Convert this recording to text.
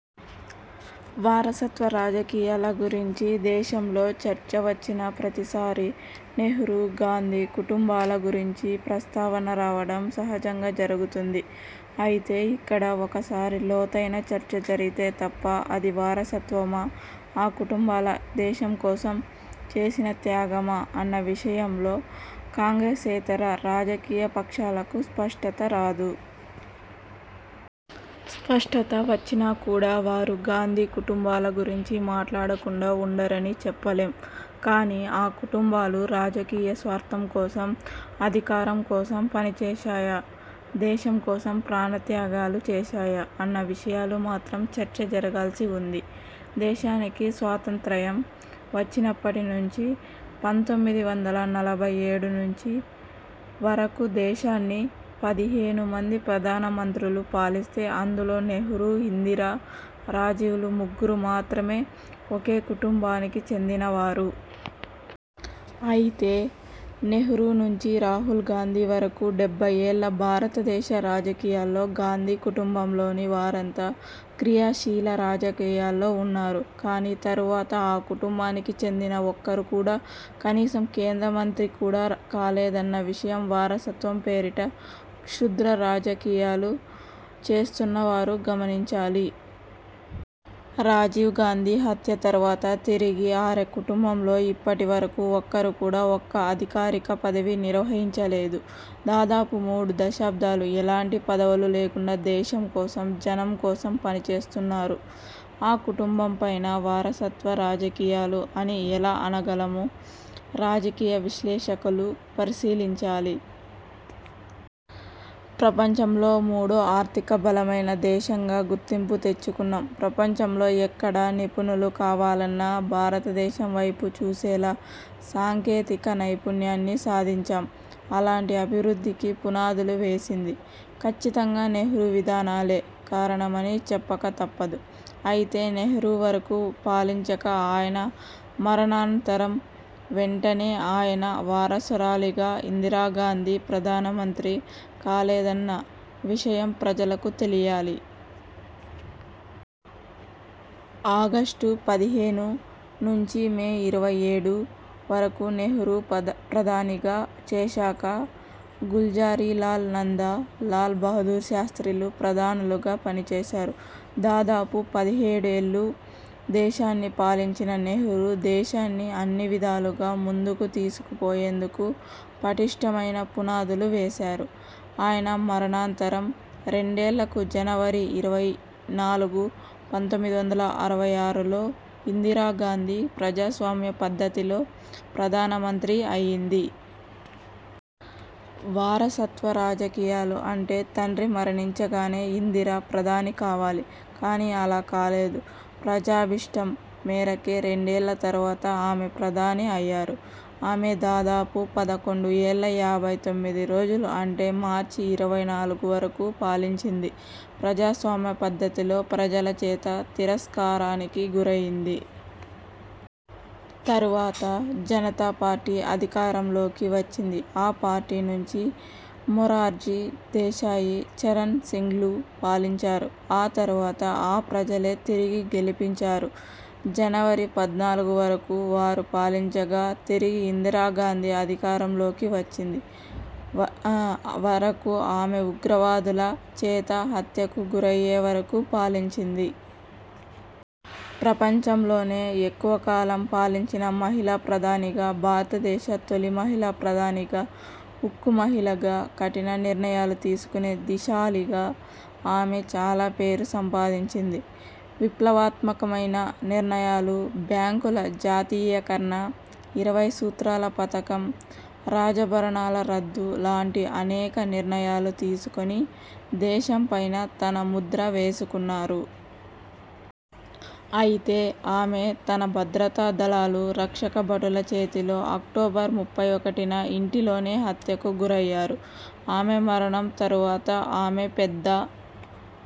వారసత్వ రాజకీయాల గురించి దేశంలో చర్చ వచ్చిన ప్రతిసారీ నెహ్రూ, గాంధీ కుటుంబాల గురించి ప్రస్తావన రావడం సహజంగా జరుగుతుంది. అయితే ఇక్కడ ఒకసారి లోతైన చర్చ జరిగితే తప్ప అది వారసత్వమా, ఆ కుటుంబాలు దేశం కోసం చేసిన త్యాగమా అన్న విషయంలో కాంగ్రెసేతర రాజకీయ పక్షాలకు స్పష్టత రాదు. స్పష్టత వచ్చినా కూడా వారు గాంధీ కుటుంబాల గురించి మాట్లాడకుండా ఉండరని చెప్పలేం. కానీ, ఆ కుటుంబాలు రాజకీయ స్వార్థం కోసం, అధికారం కోసం పనిచేశాయా, దేశం కోసం ప్రాణ త్యాగాలు చేశాయా అన్న విషయాలు మాత్రం చర్చ జరగాల్సి ఉంది. దేశానికి స్వాతంత్రయం వచ్చినప్పటి నుంచి పంతొమ్మిది వందల నలభై ఏడు నుంచి వరకు దేశాన్ని పది హేను మంది ప్రధాన మంత్రులు పాలిస్తే అందులో నెహ్రూ, ఇందిరా, రాజీవ్లు ముగ్గురు మాత్రమే ఒకే కుటుంబానికి చెందిన వారు. అయితే నెహ్రూ నుంచి రాహుల్ గాంధీ వరకు డెబ్బై ఏళ్ళ భారతదేశ రాజకీయాల్లో గాంధీ కుటుంబంలోని వారంతా క్రియాశీల రాజకీయాల్లో ఉన్నారు. కానీ తరువాత ఆ కుటుంబానికి చెందిన ఒక్కరు కూడా కనీసం కేంద్ర మంత్రి కూడా కాలేదన్న విషయం వారసత్వం పేరిట క్షుద్ర రాజకీయాలు చేస్తున్న వారు గమనించాలి. రాజీవ్ గాంధీ హత్య తరువాత తిరిగి ఆ కుటుంబంలో ఇప్పటి వరకు ఒక్కరు కూడా ఒక్క అధికారిక పదవి నిర్వహించలేదు. దాదాపు మూడు దశాబ్దాలు ఎలాంటి పదవులు లేకుండా దేశం కోసం, జనం కోసం పనిచేస్తున్నారు. ఆ కుటుంబం పైన వారసత్వ రాజకీయాలు అని ఎలా అనగలమో రాజకీయ విశ్లేషకులు పరిశీలించాలి. ప్రపంచంలో మూడో ఆర్థిక బలమైన దేశంగా గుర్తింపు తెచ్చుకున్నాం. ప్రపంచంలో ఎక్కడ నిపుణులు కావాలన్నా భారతదేశం వైపు చూసేలా సాంకేతిక నైపుణ్యాన్ని సాధించాం. అలాంటి అభివృద్ధికి పునాదులు వేసింది, ఖచ్చితంగా నెహ్రూ విధానాలే కారణమని చెప్పక తప్పదు. అయితే నెహ్రూ వరకు పాలించాక ఆయన మరణాంతరం వెంటనే ఆయన వారసురాలిగా ఇందిరాగాంధీ ప్రధానమంత్రి కాలేదన్న విషయం ప్రజలకు తెలియాలి. ఆగస్టు పదిహేను, నుంచి మే ఇరవై ఏడు, వరకు నెహ్రూ ప్రధానిగా చేశాక, గుల్జారీ లాల్ నందా, లాల్ బహుదూర్ శాస్ర్తిలు ప్రధానులుగా పనిచేశారు. దాదాపు పదిహేడుఏళ్ళు దేశాన్ని పాలించిన నెహ్రూ దేశాన్ని అన్నివిధాలుగా ముందుకు తీసుకు పోయేందుకు పటిష్ఠమైన పునాదులు వేశారు. ఆయన మరణాంతరం, రెండేళ్ళకు జనవరి ఇరవై నాలుగు, పంతొమ్మిది వందల అరవై ఆరులో ఇందిరా గాంధీ ప్రజాస్వామ్య పద్ధతిలో ప్రధాన మంత్రి అయ్యింది. వారసత్వ రాజకీయాలు అంటే తండ్రి మరణించగానే ఇందిర ప్రధాని కావాలి, కానీ అలా కాలేదు. ప్రజాభీష్టం మేరకే రెండేళ్ళ తరువాత ఆమె ప్రధాని అయ్యారు. ఆమె దాదాపు పదకొండు ఏళ్ళ యాభై తొమ్మిది రోజులు అంటే మార్చి ఇరవై నాలుగు వరకు పాలించింది. ప్రజాస్వామ్య పద్ధతిలో ప్రజల చేత తిరస్కారానికి గురయింది. తరువాత జనతా పార్టీ అధికారం లోకి వచ్చింది. ఆ పార్టీ నుంచి మొరార్జీ దేశాయి, చరణ్ సింగ్లు పాలించారు. ఆ తరువాత ఆ ప్రజలే తిరిగి గెలిపించారు. జనవరి పద్నాలుగు వరకు వారు పాలించగా, తిరిగి ఇందిరా గాంధీ అధికారంలోకి వచ్చింది. వరకు ఆమె ఉగ్రవాదుల చేత హత్యకు గురయ్యే వరకు పాలించింది. ప్రపంచంలోనే ఎక్కువ కాలం పాలించిన మహిళా ప్రధానిగా, భారత దేశ తొలి మహిళా ప్రధానిగా, ఉక్కు మహిళగా, కఠిన నిర్ణయాలు తీసుకునే ధీశాలిగా ఆమె చాలా పేరు సంపాదించింది. విప్లవాత్మకమైన నిర్ణయాలు బ్యాంకుల జాతీయీకరణ, ఇరవై సూత్రాల పథకం, రాజ భరణాల రద్దు లాంటి అనేక నిర్ణయాలు తీసుకొని దేశంపైన తన ముద్ర వేసుకున్నారు. అయితే ఆమె తన భద్రతా దళాలు, రక్షక భటుల చేతిలో అక్టోబర్ ముప్పై ఒకటిన ఇంటి లోనే హత్యకు గురయ్యారు. ఆమె మరణం తరు వాత ఆమె పెద్ద